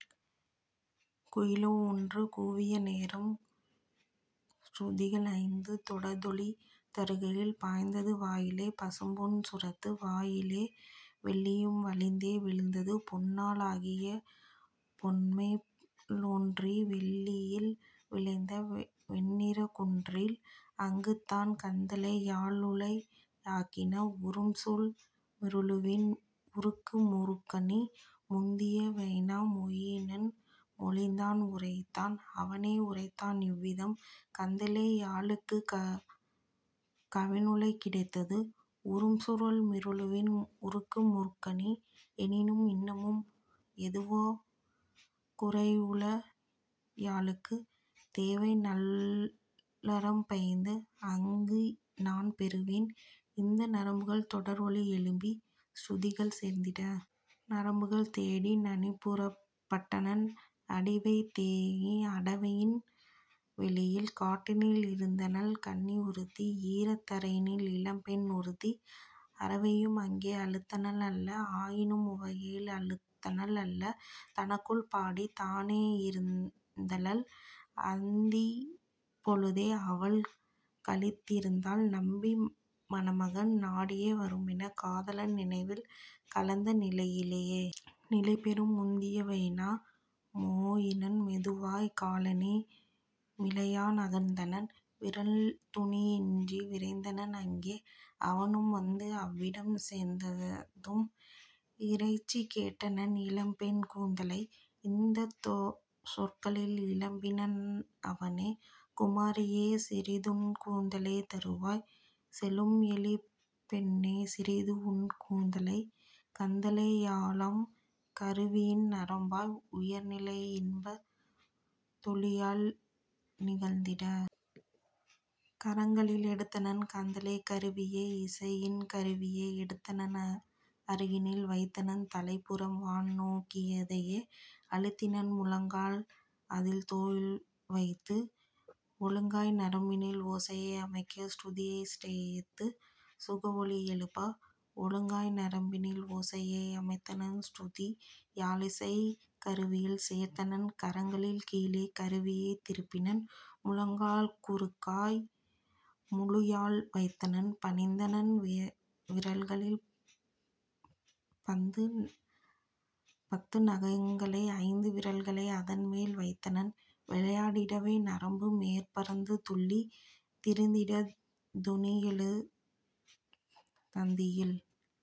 குயிலொவ் வொன்றும் கூவிய நேரம் சுருதிகள் ஐந்து தொடர்ந்தொலி தருகையில் பாய்ந்தது வாயிலே பசும்பொன் சுரந்து வாயிலே வெள்ளியும் வழிந்தே வீழ்ந்தது பொன்னா லாகிய பொன்மே டொன்றிலே வெள்ளியில் விளைந்த வெண்ணிறக் குன்றில் அங்குதான் கந்தலே யாழ்முளை ஆகின உறும்சுருள் மிறுலுவின் உருக்கு முறுக்கணி. முந்திய வைனா மொயினன் மொழிந்தான் உரைத்தான் அவனே உரைத்தான் இவ்விதம்: "கந்தலே யாழ்க்குக் கவின்முளை கிடைத்தது உறும்சுருள் மிறுலுவின் உருக்கு முறுக்கணி எனினும் இன்னமும் எதுவோ குறையுள யாழ்க்குத் தேவை நல்நரம் பைந்து; அங்குநான் பெறுவேன் இந்த நரம்புகள் தொடர்ஒலி எழுப்பிச் சுருதிகள் சேர்த்திட? " நரம்புகள் தேடி நனிபுறப் பட்டனன் அடிவைத் தேகி அடவியின் வெளியில் காட்டினில் இருந்தனள் கன்னி யொருத்தி ஈரத் தரையினில் இளம்பெண் ணொருத்தி அரவையும் அங்கே அழுதனள் அல்ல ஆயினும் உவகையில் அழுந்தனள் அல்ல தனக்குள் பாடித் தானே யிருந்தனள் அந்திப் பொழுதை அவள்கழித் திருந்தாள் நம்பி மணமகன் நாடியே வருமென காதலன் நினைவில் கலந்த நிலையிலே. நிலைபெறும் முந்திய வைனா மொயினன் மெதுவாய்க் காலணி மிலையா நகர்ந்தனன் விரல்துணி யின்றி விரைந்தனன் அங்கே; அவனும் வந்து அவ்விடம் சேர்ந்ததும் இறைஞ்சிக் கேட்டனன் இளம்பெண் கூந்தலை இந்தச் சொற்களில் இயம்பினன் அவனே: "குமரியே, சிறிதுன் கூந்தலைத் தருவாய்! செழும்எழிற் பெண்ணே, சிறிதுஉன் கூந்தலை! கந்தலே யாழாம் கருவியின் நரம்பாய் உயர்நிலை இன்பத் தொலியாய்த் நிகழ்ந்திட! கரங்களில் எடுத்தனன் கந்தலேக் கருவியை இசைஇன் கருவியை எடுத்தனன் அருகினில் வைத்தனன் தலைப்புறம் வான்நோக் கியேயதையே அழுத்தினன் முழங்கால் அதில்தோள் வைத்து ஒழுங்காய் நரம்பினில் ஓசையை அமைக்க சுருதியைச் சேர்த்து சுகஒலி எழுப்ப. ஒழுங்காய் நரம்பினின் ஓசையை அமைத்தனன் சுருதி யாழிசைக் கருவியில் சேர்த்தனன் கரங்களின் கீழே கருவியைத் திருப்பினன் முழங்காற் குறுக்காய் முழுயாழ் வைத்தனன் பணித்தனன் விரல்களின் பத்து நகங்களை ஐந்து விரல்களை அதன்மேல் வைத்தனன் விளையா டிடவே நரம்புமேற் பறந்து துள்ளித் திரிந்திடத் தொனியெழு தந்தியில்.